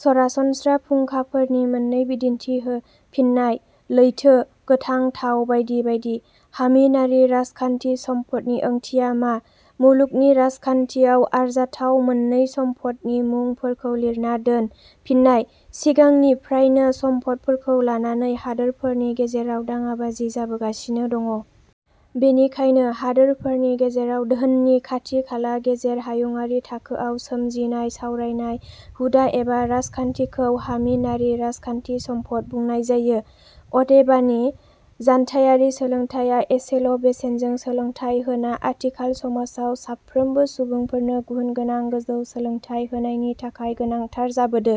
सरासनस्त्रा फुंखाफोरनि मोननै बिदिन्थि हो। फिन्नाय: लैथो, गोथां थाव बायदि बायदि। हामिनारि राजखान्थि सम्फदनि ओंथिया मा? मुलुगनि राजखान्थियाव आरजाथाव मोननै सम्फदनि मुंफोरखौ लिरना दोन। फिन्नाय: सिगांनिफ्रायनो सम्फदफोरखौ लानानै हादोरफोरनि गेजेराव दाङाबाजि जाबोगासिनो दं। बेनिखायनो, हादोरफोरनि गेजेराव धोननि खाथि खाला गेजेर हायुंआरि थाखोआव सोमजिनाय सावरायनाय, हुदा एबा राजखान्थिखौ हामिनारि राजखान्थि सम्पद बुंनाय जायो। अदेबानि, जानथाइयारि सोलोंथाइया एसेल' बेसेनजों सोलोंथाइ होना आथिखाल समाजाव साफ्रोमबो सुबुंफोरनो गुन गोनां गोजौ सोलोंथाइ होनायनि थाखाय गोनांथार जाबोदो।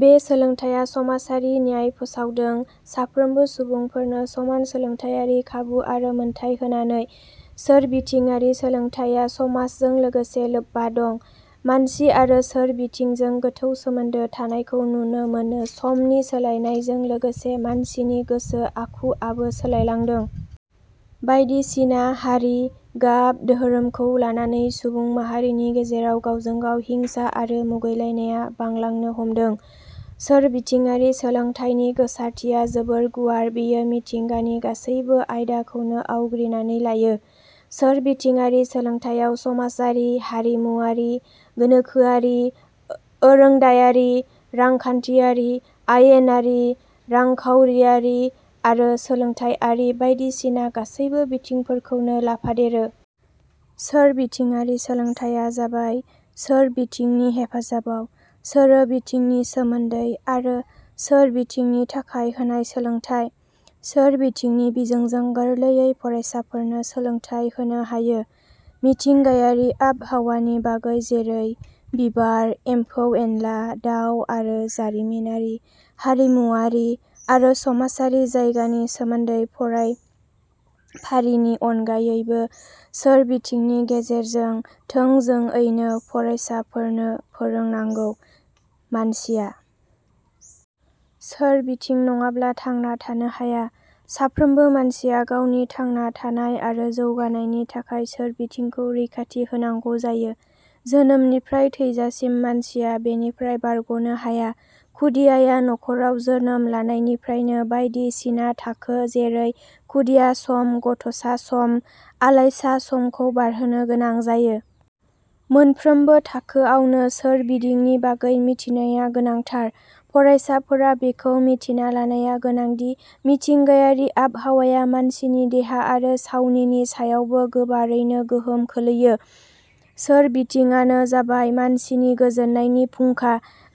बे सोलोंथाइया समाजारि न्याय फोसावदों साफ्रोमबो सुबुंफोरनो समान सोलोंथाइयारि खाबु आरो मोनथाइ होनानै। सोरबिथिङारि सोलोंथाइया समाजजों लोगोसे लोब्बा दं। मानसि आरो सोरबिथिंजों गोथौ सोमोन्दो थानायखौ नुनो मोनो समनि सोलायनायजों लोगोसे मानसिनि गोसो आखुवाबो सोलायलांदों। बायदिसिना हारि, गाब, दोहोरोमखौ लानानै सुबुं माहारिनि गेजेराव गावजों गाव हिंसा आरो मुगैलायनाया बांलांनो हमदों।: सोरबिथिङारि सोलोंथाइनि गोसारथिया जोबोर गुवार बेयो मिथिंगानि गासैबो आइदाखौनो आवग्रिनानै लायो। सोरबिथिङारि सोलोंथाइयाव समाजारि, हारिमुवारि, गोनोखोआरि, ओरोंदायारि, रांखान्थियारि, आयेनारि, रांखाउरियारि आरो सोलोंथाइयारि बाइदिसिना गासैबो बिथिंफोरखौनो लाफादेरो। सोरबिथिङारि सोलोंथाइया जाबाय सोरबिथिंनि हेफाजाबाव, सोरोबिथिंनि सोमोन्दै आरो सोरबिथिंनि थाखाय होनाय सोलोंथाइ।. सोरबिथिंनि बिजोंजों गोरलैयै फरायसाफोरनो सोलोंथाइ होनो हायो। मिथिंगायारि आबहावानि बागै जेरै- बिबार, एम्फौ -एनला, दाउ आरो जारिमिनारि, हारिमुवारि आरो समाजारि जायगानि सोमोन्दै फरायफारिनि अनगायैबो सोरबिथिंनि गेजेरजों थोंजोडैनो फरायसाफोरखौ फोरोंनांगौ।.मानसिया सोरबिथिं नङाब्ला थांना थानो हाया। साफ्रोमबो मानसिया गावनि थांना थानाय आरो जौगानायनि थाखाय सोरबिथिंखौ रैखाथि होनांगौ जायो। जोनोमनिफ्राय थैजासिम मानसिया बेनिफ्राय बारग 'नो हाया। खुदियाया नख'राव जोनोम लानायनिफ्रायनो बायदिसिना थाखो जेरै खुदिया सम, गथ'सा सम, आलायसा समखौ बारहोनो गोनां जायो। मोनफ्रोमबो थाखोआवनो सोरबिधिंनि बागै मिथिनाया. गोनांथार। फ़रायसाफोरा बेखौ मिथिना लानाया गोनांदि मिथिंगायारि आबहावाया मानसिनि देहा आरो सावनिनि सायावबो गोबारैनो गोहोम खोलैयो। सोरबिथिङानो जाबाय मानसिनि गोजोननायनि फुंखा।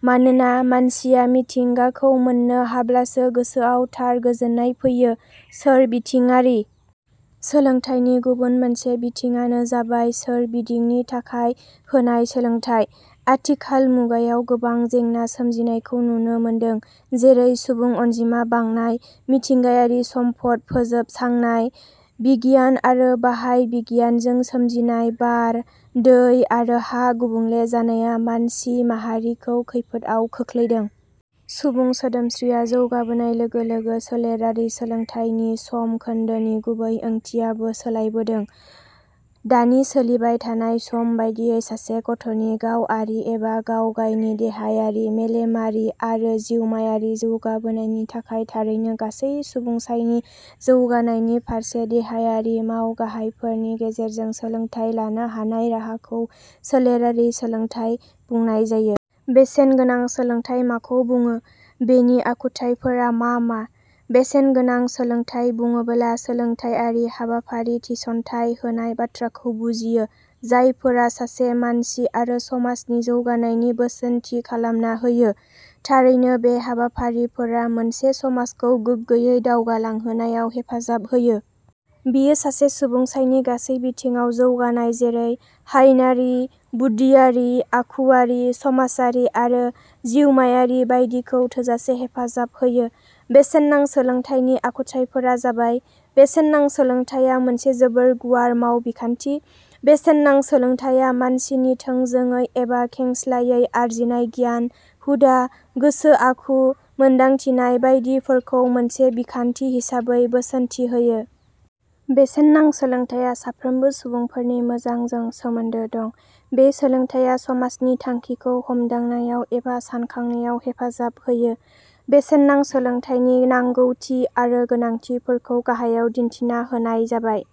मानोना मानसिया मिथिंगाखौ मोननो हाब्लासो गोसोआव थार गोजोननाय फैयो।.सोरबिथिङारि सोलोंथाइनि गुबुन मोनसे बिथिङानो जाबाय सोरबिधिंनि थाखाय होनाय सोलोंथाइ। आथिखाल मुगायाव गोबां जेंना सोमजिनायखौ नुनो मोनदों, जेरै- सुबुं अनजिमा बांनाय, मिथिंगायारि सम्पद फोजोब सांनाय, बिगियान आरो बाहाय बिगियानजों सोमजिनाय बार, दै आरो हा गुबुंले जानाया मानसि माहारिखौ खैफोदआव खोख्लैदों। सुबुं सोदोमस्रिया जौगाबोनाय लोगो लोगो सोलेरारि सोलोंथाइनि सम खोन्दोनि गुबै ओंथियाबो सोलायबोदों। दानि सोलिबाय थानाय सम बायदियै सासे गथनि गावआरि एबा गावगायनि देहायारि, मेलेमारि आरो जिउमायारि जौगाबोनायनि थाखाय थारैनो गासै सुबुंसाइनि जौगानायनि फारसे देहायारि माव गाहायफोरनि गेजेरजों सोलोंथाइ लानो हानाय राहाखौ सोलेरारि सोलोंथाइ बुंनाय जायो। बेसेनगोनां सोलोंथाइ माखौ बुङो? बेनि आखुथाइफोरा मा मा?: बेसेनगोनां सोलोंथाइ बुङोब्ला सोलोंथाइयारि हाबाफारि थिसनथाइ होनाय बाथ्राखौ बुजियो जायफोरा सासे मानसि आरो समाजनि जौगानायनि बोसोनथि खालामना होयो। थारैनो बे हाबाफारिफोरा मोनसे समाजखौ गोग्गोयै दावगालांहोनायाव हेफाजाब होयो। बियो सासे सुबुंसाइनि गासै बिथिङाव जौगानाय जेरै- हायनारि, बुद्धियारि, आखुवारि, समाजारि आरो जिउमायारि बायदिखौ थोजासे हेफाजाब होयो। बेसेननां सोलोंथाइनि आखुथाइफोरा जाबाय: बेसेननां सोलोंथाइया मोनसे जोबोर गुवार माव बिखान्थि। बेसेननां सोलोंथाइया मानसिनि थोंजोंयै एबा खेंस्लायै आरजिनाय गियान, हुदा, गोसो आखु, मोन्दांथिनाय बायदि फोरखौ मोनसे बिखान्थि हिसाबै बोसोनथि होयो। बेसेननां सोलोंथाइया साफ्रोमबो सुबुंफोरनि 'मोजां' जों सोमोन्दो दं। बे सोलोंथाइया समाजनि थांखिखौ हमदांनायाव एबा सानखांनायाव हेफाजाब होयो।: बेसेननां सोलोंथाइनि नांगौथि आरो गोनांथिफोरखौ गाहायाव दिन्थिना होनाय जाबाय:।